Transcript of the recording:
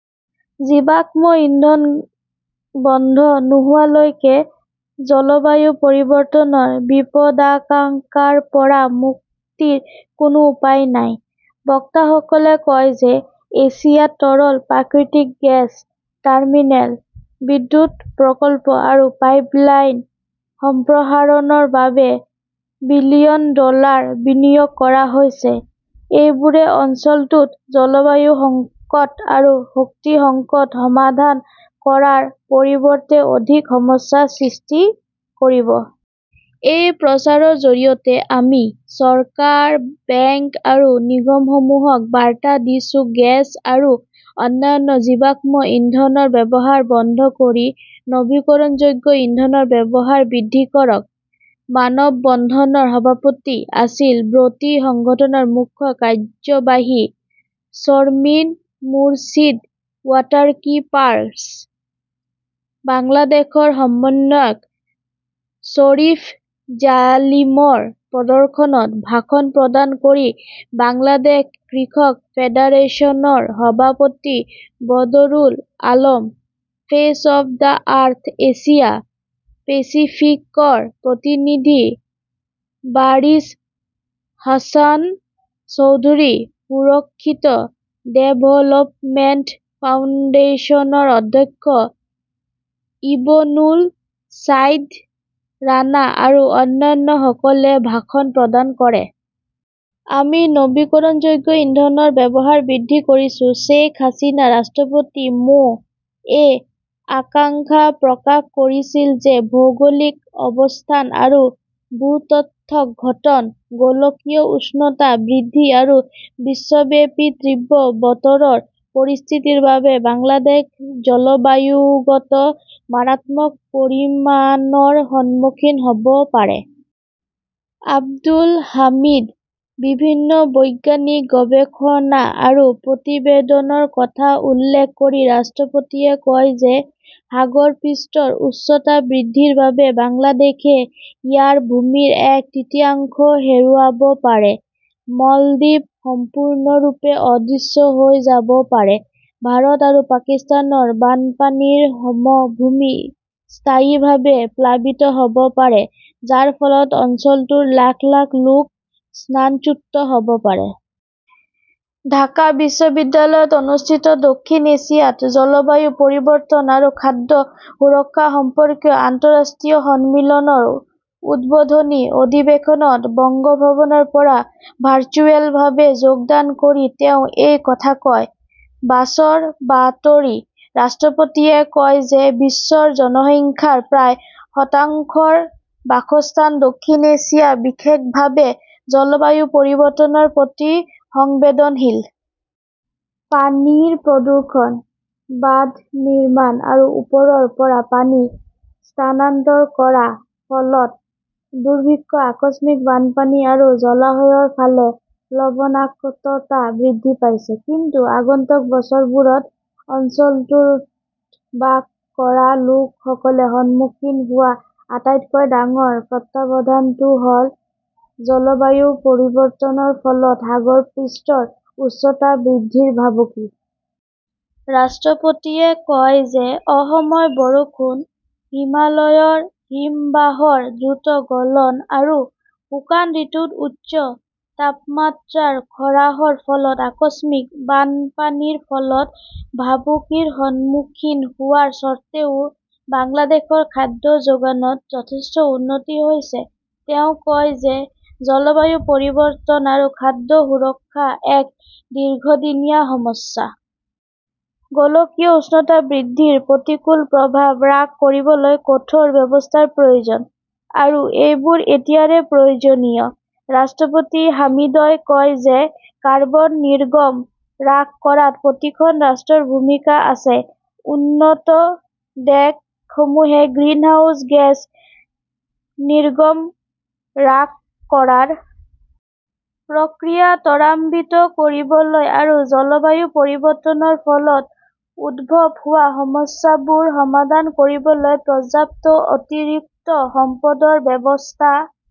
জীৱাশ্ম ইন্ধন বন্ধ নোহোৱালৈকে জলবায়ু পৰিৱৰ্তনৰ বিপদাকাংকাৰ পৰা মুক্তিৰ কোনো উপায় নাই। বক্তাসকলে কয় যে এছিয়াত তৰল প্ৰাকৃতিক গেছ টাৰ্মিনেল, বিদ্যুৎ প্ৰকল্প আৰু পাইপলাইন সম্প্ৰসাৰণৰ বাবে বিলিয়ন ডলাৰ বিনিয়োগ কৰা হৈছে। এইবোৰে অঞ্চলটোত জলবায়ু সংকট আৰু শক্তি সংকট সমাধান কৰাৰ পৰিৱৰ্তে অধিক সমস্যাৰ সৃষ্টি কৰিব। এই প্ৰচাৰৰ জৰিয়তে আমি চৰকাৰ, বেংক আৰু নিগমসমূহক বাৰ্তা দিছো-গেছ আৰু অন্যান্য জীৱাশ্ম ইন্ধনৰ ব্যৱহাৰ বন্ধ কৰি নৱীকৰণযোগ্য ইন্ধনৰ ব্যৱহাৰ বৃদ্ধি কৰক। মানৱ বন্ধনৰ সভাপতি আছিল ব্ৰতি সংগঠনৰ মুখ্য কাৰ্যবাহী শৰ্মিন মুৰ্ছিদ ৱাটাৰকীপাৰ্ছ বাংলাদেশৰ সমন্বয়ক শ্বৰীফ জালিমৰ প্ৰদৰ্শনত ভাষণ প্ৰদান কৰি বাংলাদেশ কৃষক ফেডাৰেচনৰ সভাপতি Badrul Alam, face of the Earth Asia পেচিফিকৰ প্ৰতিনিধি বাৰিশ হাছান চৌধুৰী, সুৰক্ষিত ডেভেলপমেণ্ট ফাউণ্ডেশ্যনৰ অধ্যক্ষ ইবনুল ছাইদ ৰাণা আৰু অন্যান্যসকলে ভাষণ প্ৰদান কৰে। আমি নৱীকৰণযোগ্য ইন্ধনৰ ব্যৱহাৰ বৃদ্ধি কৰিছোঃ শ্বেইখ হাছিনা ৰাষ্ট্ৰপতি মো -এ আকাংকা প্ৰকাশ কৰিছিল যে ভৌগোলিক অৱস্থান আৰু ভূতাত্ত্বিক ঘটন, গোলকীয় উষ্ণতা বৃদ্ধি আৰু বিশ্বব্যাপী তীব্ৰ বতৰৰ পৰিস্থিতিৰ বাবে বাংলাদেশ জলবায়ুগত মাৰাত্মক পৰিণামৰ সন্মুখীন হ 'ব পাৰে। আব্দুল হামিদ। বিভিন্ন বৈজ্ঞানিক গৱেষণা আৰু প্ৰতিবেদনৰ কথা উল্লেখ কৰি ৰাষ্ট্ৰপতিয়ে কয় যে সাগৰ পৃষ্ঠৰ উচ্চতা বৃদ্ধিৰ বাবে বাংলাদেশই ইয়াৰ ভূমিৰ এক তৃতীয়াংশ হেৰুৱাব পাৰে। মালদ্বীপ সম্পূৰ্ণৰূপে অদৃশ্য হৈ যাব পাৰে। ভাৰত আৰু পাকিস্তানৰ বানপানীৰ সমভূমি স্থায়ীভাৱে প্লাবিত হ 'ব পাৰে, যাৰ ফলত অঞ্চলটোৰ লাখ লাখ লোক স্নানচ্যুত হ' ব পাৰে। ঢাকা বিশ্ববিদ্যালয়ত অনুষ্ঠিত দক্ষিণ এছিয়াত জলবায়ু পৰিৱৰ্তন আৰু খাদ্য সুৰক্ষা সম্পৰ্কীয় আন্তঃৰাষ্ট্ৰীয় সন্মিলন"" ৰ উদ্বোধনী অধিৱেশনত বংগভবনৰ পৰা ভাৰ্চুৱেলভাৱে যোগদান কৰি তেওঁ এই কথা কয়। বাছৰ বাতৰি। ৰাষ্ট্ৰপতিয়ে কয় যে বিশ্বৰ জনসংখ্যাৰ প্ৰায় শতাংশৰ বাসস্থান দক্ষিণ এছিয়া বিশেষভাৱে জলবায়ু পৰিৱৰ্তনৰ প্ৰতি সংবেদনশীল। পানীৰ প্ৰদূষণ, বান্ধ নিৰ্মাণ আৰু ওপৰৰ পৰা পানী স্থানান্তৰ কৰাৰ ফলত দুৰ্ভিক্ষ, আকস্মিক বানপানী আৰু জলাশয়ৰ ফালে লবণাক্ততা বৃদ্ধি পাইছে। কিন্তু আগন্তুক বছৰবোৰত অঞ্চলটোত বাস কৰা লোকসকলে সন্মুখীন হোৱা আটাইতকৈ ডাঙৰ প্ৰত্যাহবধানটো হ ""ল জলবায়ু পৰিৱৰ্তনৰ ফলত সাগৰ পৃষ্ঠৰ উচ্চতা বৃদ্ধিৰ ভাবুকি। ৰাষ্ট্ৰপতিয়ে কয় যে অসময় বৰষুণ, হিমালয়ৰ হিমবাহৰ দ্ৰুত গলন আৰু শুকান ঋতুত উচ্চ তাপমাত্ৰাৰ খৰাংৰ ফলত আকস্মিক বানপানীৰ ফলত ভাবুকিৰ সন্মুখীন হোৱাৰ স্বত্ত্বেও বাংলাদেশৰ খাদ্য যোগানত যথেষ্ট উন্নতি হৈছে। তেওঁ কয় যে জলবায়ু পৰিৱৰ্তন আৰু খাদ্য সুৰক্ষা এক দীৰ্ঘদিনীয়া সমস্যা। গোলকীয় উষ্ণতা বৃদ্ধিৰ প্ৰতিকূল প্ৰভাৱ হ্ৰাস কৰিবলৈ কঠোৰ ব্যৱস্থাৰ প্ৰয়োজন আৰু সেইবোৰ এতিয়াৰে প্ৰয়োজনীয়। ৰাষ্ট্ৰপতি হামিদই কয় যে কাৰ্বন নিৰ্গম হ্ৰাস কৰাত প্ৰতিখন ৰাষ্ট্ৰৰ ভূমিকা আছে। উন্নত দেশসমূহে গ্ৰিনহাউজ গেছ নিৰ্গম হ্ৰাস কৰাৰ প্ৰক্ৰিয়া ত্বৰান্বিত কৰিবলৈ আৰু জলবায়ু পৰিৱৰ্তনৰ ফলত উদ্ভৱ হোৱা সমস্যাবোৰ সমাধান কৰিবলৈ পৰ্যাপ্ত অতিৰিক্ত সম্পদৰ ব্যৱস্থা"